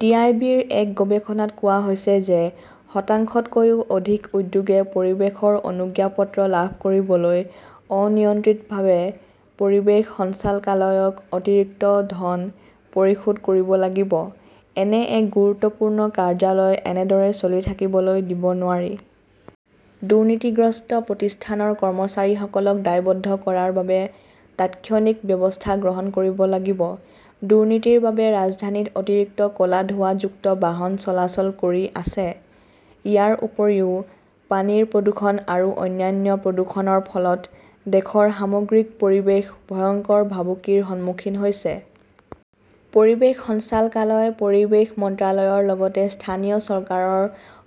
T. I. B. -ৰ এক গৱেষণাত কোৱা হৈছে যে শতাংশতকৈও অধিক উদ্যোগে পৰিৱেশৰ অনুজ্ঞাপত্ৰ লাভ কৰিবলৈ অনিয়ন্ত্ৰিতভাৱে পৰিৱেশ সঞ্চালকালয়ক অতিৰিক্ত ধন পৰিশোধ কৰিব লাগিব। এনে এক গুৰুত্বপূৰ্ণ কাৰ্যালয় এনেদৰে চলি থাকিবলৈ দিব নোৱাৰি। দুৰ্নীতিগ্ৰস্ত প্ৰতিষ্ঠানৰ কৰ্মচাৰীসকলক দায়বদ্ধ কৰাৰ বাবে তাৎক্ষণিক ব্যৱস্থা গ্ৰহণ কৰিব লাগিব। দুৰ্নীতিৰ বাবে ৰাজধানীত অতিৰিক্ত ক'লা ধোঁৱাযুক্ত বাহন চলাচল কৰি আছে। ইয়াৰ উপৰিও, পানীৰ প্ৰদূষণ আৰু অন্যান্য প্ৰদূষণৰ ফলত দেশৰ সামগ্ৰিক পৰিৱেশ ভয়ংকৰ ভাবুকিৰ সন্মুখীন হৈছে। পৰিৱেশ সঞ্চালকালয়, পৰিৱেশ মন্ত্ৰালয়ৰ লগতে স্থানীয় চৰকাৰৰ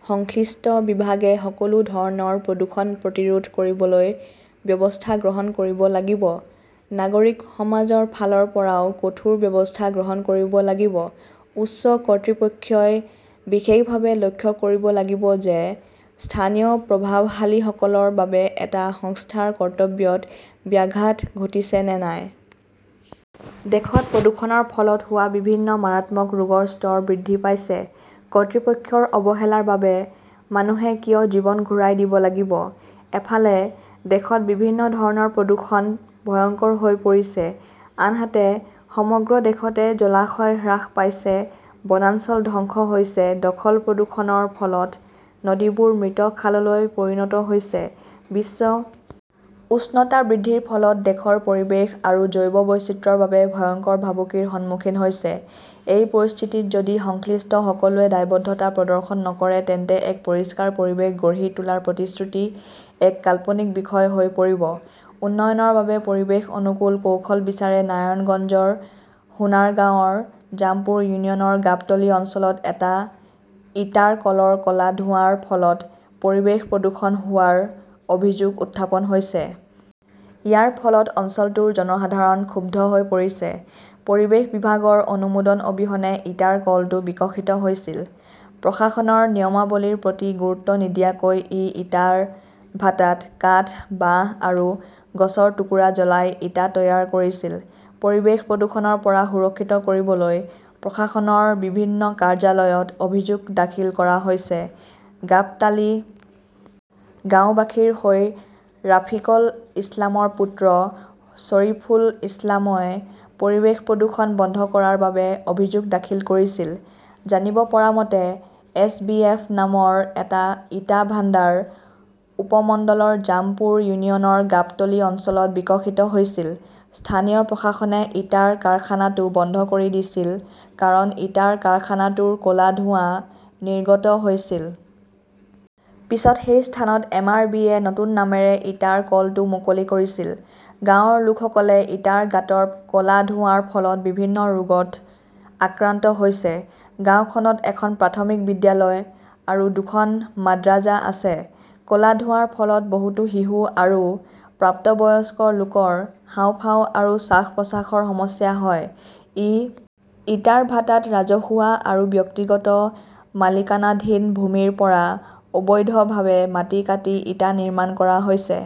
সংশ্লিষ্ট বিভাগে সকলো ধৰণৰ প্ৰদূষণ প্ৰতিৰোধ কৰিবলৈ ব্যৱস্থা গ্ৰহণ কৰিব লাগিব। নাগৰিক সমাজৰ ফালৰ পৰাও কঠোৰ ব্যৱস্থা গ্ৰহণ কৰিব লাগিব। উচ্চ কৰ্তৃপক্ষই বিশেষভাৱে লক্ষ্য কৰিব লাগিব যে স্থানীয় প্ৰভাৱশালীসকলৰ বাবে এটা সংস্থাৰ কৰ্তব্যত ব্যাঘাত ঘটিছে নে নাই। দেশত প্ৰদূষণৰ ফলত হোৱা বিভিন্ন মাৰাত্মক ৰোগৰ স্তৰ বৃদ্ধি পাইছে। কৰ্তৃপক্ষৰ অৱহেলাৰ বাবে মানুহে কিয় জীৱন ঘূৰাই দিব লাগিব? এফালে, দেশত বিভিন্ন ধৰণৰ প্ৰদূষণ ভয়ংকৰ হৈ পৰিছে, আনহাতে সমগ্ৰ দেশতে জলাশয় হ্ৰাস পাইছে, বনাঞ্চল ধ্বংস হৈছে, দখল-প্ৰদূষণৰ ফলত নদীবোৰ মৃত খাললৈ পৰিণত হৈছে। বিশ্ব উষ্ণতা বৃদ্ধিৰ ফলত দেশৰ পৰিৱেশ আৰু জৈৱ বৈচিত্ৰ্যৰ বাবে ভয়ংকৰ ভাবুকিৰ সন্মুখীন হৈছে। এই পৰিস্থিতিত যদি সংশ্লিষ্ট সকলোৱে দায়বদ্ধতা প্ৰদৰ্শন নকৰে, তেন্তে এক পৰিষ্কাৰ পৰিৱেশ গঢ়ি তোলাৰ প্ৰতিশ্ৰুতি এক কাল্পনিক বিষয় হৈ পৰিব। উন্নয়নৰ বাবে পৰিৱেশ অনুকূল কৌশল বিচাৰে নাৰায়ণগঞ্জৰ সোনাৰগাঁওৰ জামপুৰ ইউনিয়নৰ গাবটলি অঞ্চলত এটা ইটাৰ কলৰ ক'লা ধোঁৱাৰ ফলত পৰিৱেশ প্ৰদূষণ হোৱাৰ অভিযোগ উত্থাপন হৈছে। ইয়াৰ ফলত অঞ্চলটোৰ জনসাধাৰণ ক্ষুব্ধ হৈ পৰিছে। পৰিৱেশ বিভাগৰ অনুমোদন অবিহনে ইটাৰ কলটো বিকশিত হৈছিল। প্ৰশাসনৰ নিয়মাৱলীৰ প্ৰতি গুৰুত্ব নিদিয়াকৈ ই ইটাৰ ভাটাত কাঠ, বাঁহ আৰু গছৰ টুকুৰা জ্বলাই ইটা তৈয়াৰ কৰিছিল। পৰিৱেশ প্ৰদূষণৰ পৰা সুৰক্ষিত কৰিবলৈ প্ৰশাসনৰ বিভিন্ন কাৰ্যালয়ত অভিযোগ দাখিল কৰা হৈছে। গাবটালী গাওঁবাসীৰ হৈ ৰাফিকল ইছলামৰ পুত্ৰ শৰিফুল ইছলামই পৰিৱেশ প্ৰদূষণ বন্ধ কৰাৰ বাবে অভিযোগ দাখিল কৰিছিল। জানিব পৰা মতে, এছ. বি. এফ. নামৰ এটা ইটা ভাণ্ডাৰ উপমণ্ডলৰ জামপুৰ ইউনিয়নৰ গাবটলি অঞ্চলত বিকশিত হৈছিল। স্থানীয় প্ৰশাসনে ইটাৰ কাৰখানাটো বন্ধ কৰি দিছিল কাৰণ ইটাৰ কাৰখানাটোৰ ক'লা ধোঁৱা নিৰ্গত হৈছিল। পিছত সেই স্থানত এম. আৰ. বি. -য়ে নতুন নামেৰে ইটাৰ কলটো মুকলি কৰিছিল। গাঁৱৰ লোকসকলে ইটাৰ গাঁতৰ ক'লা ধোঁৱাৰ ফলত বিভিন্ন ৰোগত আক্ৰান্ত হৈছে। গাওঁখনত এখন প্ৰাথমিক বিদ্যালয় আৰু দুখন মাদ্ৰাজা আছে। ক'লা ধোঁৱাৰ ফলত বহুতো শিশু আৰু প্ৰাপ্তবয়স্ক লোকৰ হাঁওফাঁও আৰু শ্বাস-প্ৰশ্বাসৰ সমস্যা হয়। এই ইটাৰ ভাটাত ৰাজহুৱা আৰু ব্যক্তিগত মালিকানাধীন ভূমিৰ পৰা অবৈধভাৱে মাটি কাটি ইটা নিৰ্মাণ কৰা হৈছে।